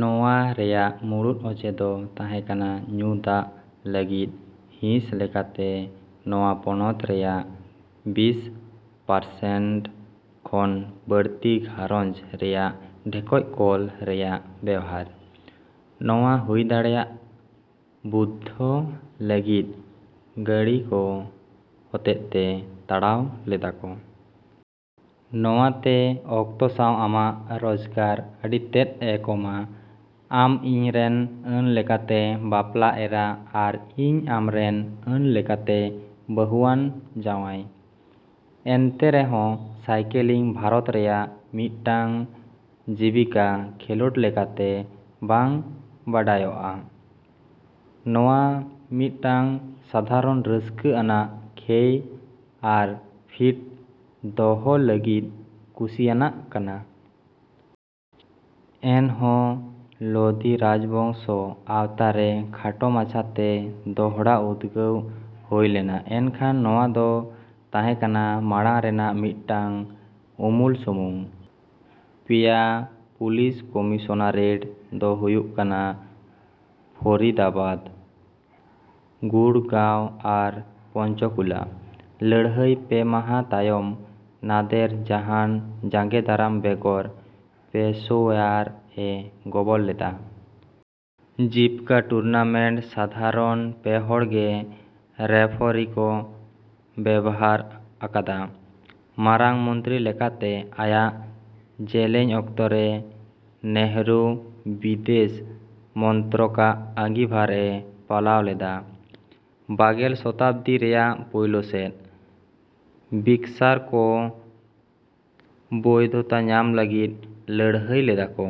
ᱱᱚᱶᱟ ᱨᱮᱭᱟᱜ ᱢᱩᱲᱩᱫ ᱚᱡᱮ ᱫᱚ ᱛᱟᱸᱦᱮᱠᱟᱱᱟ ᱧᱩ ᱫᱟᱜᱽ ᱞᱟᱹᱜᱤᱫ ᱦᱤᱸᱥ ᱞᱮᱠᱟᱛᱮ ᱱᱚᱶᱟ ᱯᱚᱱᱚᱛ ᱨᱮᱭᱟᱜ ᱵᱤᱥ ᱯᱟᱨᱥᱮᱱᱴ ᱠᱷᱚᱱ ᱵᱟᱹᱲᱛᱤ ᱜᱷᱟᱨᱚᱸᱡᱽ ᱨᱮᱭᱟᱜ ᱰᱷᱮᱠᱚᱡ ᱠᱚᱞ ᱨᱮᱭᱟᱜ ᱵᱮᱣᱦᱟᱨ᱾ ᱱᱚᱶᱟ ᱦᱩᱭᱫᱟᱲᱮᱭᱟᱜ ᱵᱩᱫᱫᱷᱚ ᱞᱟᱹᱜᱤᱫ ᱜᱟᱺᱲᱤ ᱠᱚ ᱦᱚᱛᱮᱛᱮ ᱛᱟᱲᱟᱣ ᱞᱮᱫᱟᱠᱚ᱾ ᱱᱚᱶᱟ ᱛᱮ ᱚᱠᱛᱚ ᱥᱟᱶ ᱟᱢᱟᱜ ᱨᱳᱡᱽᱜᱟᱨ ᱟᱹᱰᱤᱛᱮᱫᱼᱮ ᱠᱚᱢᱟ᱾ ᱟᱢ ᱤᱧ ᱨᱮᱱ ᱟᱹᱱᱞᱮᱠᱟᱛᱮ ᱵᱟᱯᱞᱟ ᱮᱨᱟ ᱟᱨ ᱤᱧ ᱟᱢᱨᱮᱱ ᱟᱹᱱ ᱞᱮᱠᱟᱛᱮ ᱵᱟᱹᱦᱩᱟᱱ ᱡᱟᱶᱟᱭ᱾ ᱮᱱᱛᱮ ᱨᱮᱦᱚᱸ ᱥᱟᱭᱠᱤᱞᱤᱝ ᱵᱷᱟᱨᱚᱛ ᱨᱮᱭᱟᱜ ᱢᱤᱫᱴᱟᱝ ᱡᱤᱵᱠᱤᱠᱟ ᱠᱷᱮᱞᱳᱰ ᱞᱟᱠᱟᱛᱮ ᱵᱟᱝ ᱵᱟᱰᱟᱭᱟᱜᱼᱟ, ᱱᱚᱶᱟ ᱢᱤᱫᱴᱟᱝ ᱥᱟᱫᱷᱟᱨᱚᱱ ᱨᱟᱥᱠᱟᱹᱟᱱᱟᱟᱜ ᱠᱷᱮᱭ ᱟᱨ ᱯᱷᱤᱴ ᱫᱚᱦᱚ ᱞᱟᱹᱜᱤᱫ ᱠᱩᱥᱤᱭᱟᱱᱟᱜ ᱠᱟᱱᱟ᱾ ᱮᱱᱦᱚᱸ ᱞᱳᱫᱤ ᱨᱟᱡᱽᱵᱚᱝᱥᱚ ᱟᱶᱛᱟᱨᱮ ᱠᱷᱟᱴᱚ ᱢᱟᱪᱷᱟᱛᱮ ᱫᱚᱦᱲᱟ ᱩᱫᱜᱟᱹᱣ ᱦᱳᱭ ᱞᱮᱱᱟ ᱮᱱᱠᱷᱟᱱ ᱱᱚᱶᱟ ᱫᱚ ᱛᱟᱦᱮᱸ ᱠᱟᱱᱟ ᱢᱟᱲᱟᱝ ᱨᱮᱭᱟᱜ ᱢᱤᱫᱴᱟᱝ ᱩᱢᱩᱞ ᱥᱩᱢᱩᱝ᱾ ᱯᱮᱭᱟ ᱯᱩᱞᱤᱥ ᱠᱚᱢᱤᱥᱚᱱᱟᱨᱮᱴ ᱫᱚ ᱦᱩᱭᱩᱜ ᱠᱟᱱᱟ ᱯᱷᱚᱨᱤᱫᱟᱵᱟᱫᱽ, ᱜᱩᱨᱜᱟᱶ ᱟᱨ ᱯᱚᱧᱪᱚᱠᱩᱞᱟ᱾ ᱞᱟᱹᱲᱦᱟᱹᱭ ᱯᱮ ᱢᱟᱦᱟ ᱛᱟᱭᱚᱢ, ᱱᱟᱫᱮᱨ ᱡᱟᱦᱟᱸᱱ ᱡᱟᱸᱜᱮ ᱫᱟᱨᱟᱢ ᱵᱮᱜᱚᱨ ᱯᱮᱥᱳᱣᱭᱟᱨ ᱮ ᱜᱚᱵᱚᱞ ᱞᱮᱫᱟ᱾ ᱡᱤᱵᱠᱟᱹ ᱴᱩᱨᱱᱟᱢᱮᱱᱴ ᱥᱟᱫᱷᱟᱨᱚᱱ ᱯᱮᱦᱚᱲ ᱜᱮ ᱨᱮᱯᱷᱚᱨᱤ ᱠᱚ ᱵᱮᱵᱷᱟᱨ ᱟᱠᱟᱫᱟ᱾ ᱢᱟᱨᱟᱝ ᱢᱚᱱᱛᱨᱤ ᱞᱮᱠᱟᱛᱮ ᱟᱭᱟᱜ ᱡᱮᱹᱞᱮᱹᱧ ᱚᱠᱛᱚᱨᱮ ᱱᱮᱹᱦᱨᱩ ᱵᱤᱫᱮᱹᱥ ᱢᱚᱱᱛᱨᱚᱠᱟᱜ ᱟᱸᱜᱤᱵᱷᱟᱨᱮ ᱯᱟᱞᱟᱣ ᱞᱮᱫᱟ᱾ ᱵᱟᱜᱮᱞ ᱥᱚᱛᱟᱵᱽᱫᱤ ᱨᱮᱭᱟᱜ ᱯᱳᱭᱞᱳ ᱥᱮᱫ, ᱵᱚᱠᱥᱥᱟᱨ ᱠᱚ ᱵᱳᱭᱫᱷᱚᱛᱟ ᱧᱟᱢ ᱞᱟᱹᱜᱤᱫ ᱞᱟᱹᱲᱦᱟᱹᱭ ᱞᱮᱫᱟ ᱠᱚ᱾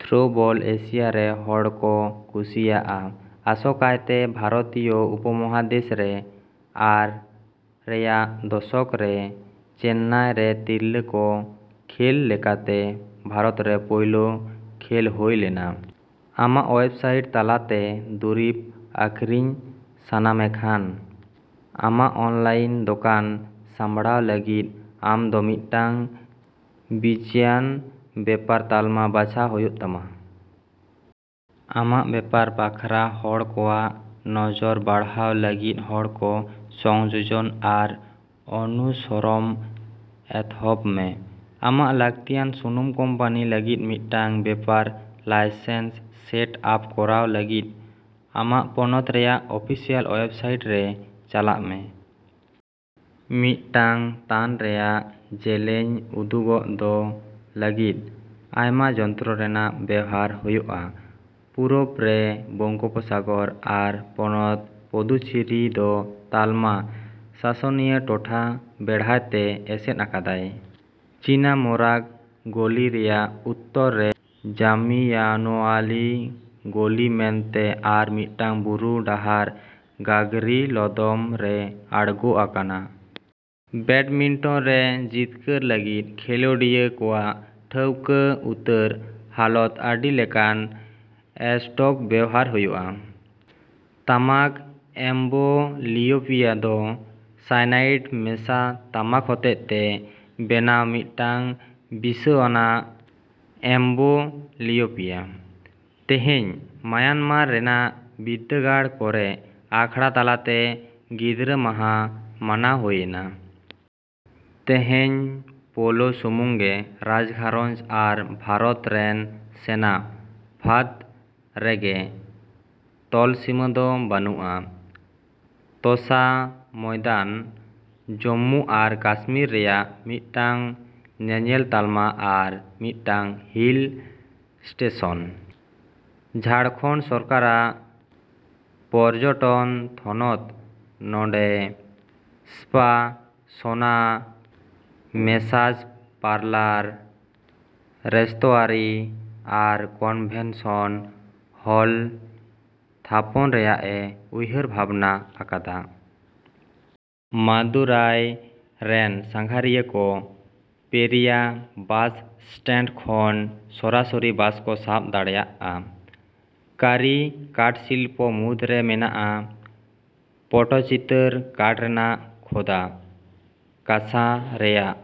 ᱛᱷᱨᱳᱵᱚᱞ ᱮᱥᱤᱭᱟ ᱨᱮ ᱦᱚᱲ ᱠᱚ ᱠᱩᱥᱤᱭᱟᱜᱼᱟ, ᱟᱥᱚᱠᱟᱭᱛᱮ ᱵᱷᱟᱨᱚᱛᱤᱭᱟᱹ ᱩᱯᱚᱢᱚᱦᱟᱫᱮᱥ ᱨᱮ, ᱟᱨ ᱨᱮᱭᱟᱜ ᱫᱚᱥᱚᱠ ᱨᱮ ᱪᱮᱱᱱᱟᱭᱨᱮ ᱛᱤᱨᱞᱟᱹ ᱠᱚ ᱠᱷᱮᱹᱞ ᱞᱮᱠᱟᱛᱮ ᱵᱷᱟᱨᱚᱛᱨᱮ ᱯᱳᱭᱞᱳ ᱠᱷᱮᱞ ᱦᱳᱭ ᱞᱮᱱᱟ᱾ ᱟᱢᱟᱜ ᱳᱭᱮᱵᱽᱥᱟᱭᱤᱴ ᱛᱟᱞᱟᱛᱮ ᱫᱩᱨᱤᱵᱽ ᱟᱹᱠᱷᱨᱤᱧ ᱥᱟᱱᱟᱢᱮ ᱠᱷᱟᱱ, ᱟᱢᱟᱜ ᱚᱱᱞᱟᱭᱤᱱ ᱫᱚᱠᱟᱱ ᱥᱟᱸᱵᱽᱲᱟᱣ ᱞᱟᱹᱜᱤᱫ ᱟᱢᱫᱚ ᱢᱤᱫᱴᱮᱱ ᱵᱤᱡᱽᱭᱟᱱ ᱵᱮᱯᱟᱨ ᱛᱟᱞᱢᱟ ᱵᱟᱪᱷᱟᱣ ᱦᱳᱭᱳᱜ ᱛᱟᱢᱟ᱾ ᱟᱢᱟᱜ ᱵᱮᱯᱟᱨ ᱵᱟᱠᱷᱨᱟ ᱦᱚᱲ ᱠᱚᱣᱟᱜ ᱱᱚᱡᱚᱨ ᱵᱟᱲᱦᱟᱣ ᱞᱟᱹᱜᱤᱫ ᱦᱚᱲ ᱠᱚ 'ᱥᱚᱝᱡᱳᱡᱚᱱ' ᱟᱨ 'ᱚᱱᱩᱥᱚᱨᱚᱢ' ᱮᱛᱦᱚᱵ ᱢᱮ᱾ ᱟᱢᱟᱜ ᱞᱟᱠᱛᱤᱭᱟᱱ ᱥᱩᱱᱩᱢ ᱠᱳᱢᱯᱟᱱᱤ ᱞᱟᱹᱜᱤᱫ ᱢᱤᱫᱴᱟᱝ ᱵᱮᱯᱟᱨ ᱞᱟᱭᱥᱮᱱᱥ ᱥᱮᱴ ᱟᱯ ᱠᱚᱨᱟᱣ ᱞᱟᱜᱤᱫ, ᱟᱢᱟᱜ ᱯᱚᱱᱚᱛ ᱨᱮᱭᱟᱜ ᱚᱯᱷᱤᱥᱤᱭᱟᱹᱞ ᱳᱭᱮᱵᱽᱥᱟᱭᱤᱴ ᱨᱮ ᱪᱟᱞᱟᱜ ᱢᱮ᱾ ᱢᱤᱫᱴᱟᱝ ᱛᱟᱱ ᱨᱮᱭᱟᱜ ᱡᱮᱹᱞᱮᱹᱧ ᱩᱫᱩᱜᱫᱚ ᱞᱟᱹᱜᱤᱫ, ᱟᱭᱢᱟ ᱡᱚᱱᱛᱚᱨ ᱨᱮᱱᱟᱜ ᱵᱮᱣᱦᱟᱨ ᱦᱩᱭᱩᱜᱼᱟ᱾ ᱯᱩᱨᱩᱵᱽ ᱨᱮ ᱵᱚᱝᱜᱳᱯᱥᱟᱜᱚᱨ ᱟᱨ ᱯᱚᱱᱚᱛ ᱯᱩᱫᱩᱪᱮᱨᱤ ᱫᱚ ᱛᱟᱞᱢᱟ ᱥᱟᱥᱚᱱᱤᱭᱟᱹ ᱴᱚᱴᱷᱟ ᱵᱮᱲᱦᱟᱭᱛᱮ ᱮᱥᱮᱫ ᱟᱠᱟᱫᱟᱭ᱾ ᱪᱤᱱᱟᱢᱚᱨᱟᱜᱽ ᱜᱚᱞᱤᱨᱮᱭᱟᱜ ᱩᱛᱛᱚᱨ ᱨᱮ ᱡᱟᱢᱤᱭᱟᱱᱳᱣᱟᱞᱤ ᱜᱚᱞᱤ ᱢᱮᱱᱛᱮ ᱟᱨ ᱢᱤᱫᱴᱟᱝ ᱵᱩᱨᱩ ᱰᱟᱦᱟᱨ ᱜᱟᱜᱽᱨᱤ ᱞᱚᱫᱚᱢ ᱨᱮ ᱟᱬᱜᱳ ᱟᱠᱟᱱᱟ᱾ ᱵᱮᱴᱢᱤᱱᱴᱚᱱ ᱨᱮ ᱡᱤᱛᱠᱟᱹᱨ ᱞᱟᱹᱜᱤᱫ ᱠᱷᱮᱞᱳᱰᱤᱭᱟᱹ ᱠᱚᱣᱟᱜ ᱴᱷᱟᱹᱣᱠᱟᱹ ᱩᱛᱟᱹᱨ ᱦᱟᱞᱚᱛ ᱟᱹᱰᱤ ᱞᱮᱠᱟᱱ ᱮᱥᱴᱳᱠ ᱵᱮᱣᱦᱟᱨ ᱦᱩᱭᱩᱜᱼᱟ᱾ ᱛᱟᱢᱟᱠ ᱮᱢᱵᱚᱞᱤᱳᱯᱤᱭᱟ ᱫᱚ ᱥᱟᱭᱟᱱᱟᱭᱤᱰ ᱢᱮᱥᱟ ᱛᱟᱢᱟᱠ ᱦᱚᱛᱮᱛᱮ ᱵᱮᱱᱟᱣ ᱢᱤᱫᱴᱟᱝ ᱵᱤᱥᱟᱹᱣᱟᱱᱟᱜ ᱮᱢᱵᱚᱞᱤᱭᱳᱯᱤᱭᱟ᱾ ᱛᱮᱹᱦᱮᱹᱧ, ᱢᱟᱭᱟᱱᱢᱟᱨ ᱨᱮᱱᱟᱜ ᱵᱤᱨᱫᱟᱹᱜᱟᱲ ᱠᱚᱨᱮ ᱟᱠᱷᱲᱟ ᱛᱟᱞᱟᱛᱮ ᱜᱤᱫᱽᱨᱟᱹ ᱢᱟᱦᱟ ᱢᱟᱱᱟᱣ ᱦᱳᱭᱮᱱᱟ᱾ ᱛᱮᱹᱦᱮᱹᱧ ᱯᱳᱞᱳ ᱥᱩᱢᱩᱝᱜᱮ ᱨᱟᱡᱜᱷᱟᱨᱚᱸᱧᱡᱽ ᱟᱨ ᱵᱷᱟᱨᱚᱛ ᱨᱮᱱ ᱥᱮᱱᱟ ᱯᱷᱟᱹᱫᱽ ᱨᱮᱜᱮ ᱛᱚᱞᱥᱤᱢᱟᱹ ᱫᱚ ᱵᱟᱹᱱᱩᱜᱼᱟ ᱛᱚᱥᱟ ᱢᱚᱭᱫᱟᱱ ᱡᱩᱢᱢᱩ ᱟᱨ ᱠᱟᱥᱢᱤᱨ ᱨᱮᱭᱟᱜ ᱢᱤᱫᱴᱟᱝ ᱧᱮᱧᱮᱞ ᱛᱟᱞᱢᱟ ᱟᱨ ᱢᱤᱫᱴᱟᱝ ᱦᱤᱞ ᱥᱴᱮᱹᱥᱚᱱ᱾ ᱡᱷᱟᱲᱠᱷᱚᱸᱰ ᱥᱚᱨᱠᱟᱨᱟᱜ ᱯᱚᱨᱡᱚᱴᱚᱱ ᱛᱷᱚᱱᱚᱛ ᱱᱚᱸᱰᱮ spa, sauna, massage parlour, restaurant ᱟᱨ ᱠᱚᱱᱵᱷᱮᱱᱥᱚᱱ ᱦᱚᱞ ᱛᱷᱟᱯᱚᱱ ᱨᱮᱭᱟᱜᱼᱮ ᱩᱭᱦᱟᱹᱨ ᱵᱷᱟᱵᱱᱟ ᱟᱠᱟᱫᱟ᱾ ᱢᱟᱫᱩᱨᱟᱭ ᱨᱮᱱ ᱥᱟᱸᱜᱷᱟᱨᱤᱭᱟᱹᱠᱚ ᱯᱮᱹᱨᱤᱭᱟ ᱵᱟᱥ ᱥᱴᱮᱱᱰ ᱠᱷᱚᱱ ᱥᱚᱨᱟᱥᱚᱨᱤ ᱵᱟᱥ ᱠᱚ ᱥᱟᱵ ᱫᱟᱲᱮᱹᱭᱟᱜᱼᱟ᱾ ᱠᱟᱹᱨᱤ ᱠᱟᱴᱥᱤᱞᱯᱚ ᱢᱩᱫ ᱨᱮ ᱢᱟᱱᱟᱜᱼᱟ ᱯᱚᱴᱚᱪᱤᱛᱟᱹᱨ ᱠᱟᱴ ᱨᱮᱭᱟᱜ ᱠᱷᱳᱫᱟ, ᱠᱟᱸᱥᱟ ᱨᱮᱭᱟᱜ᱾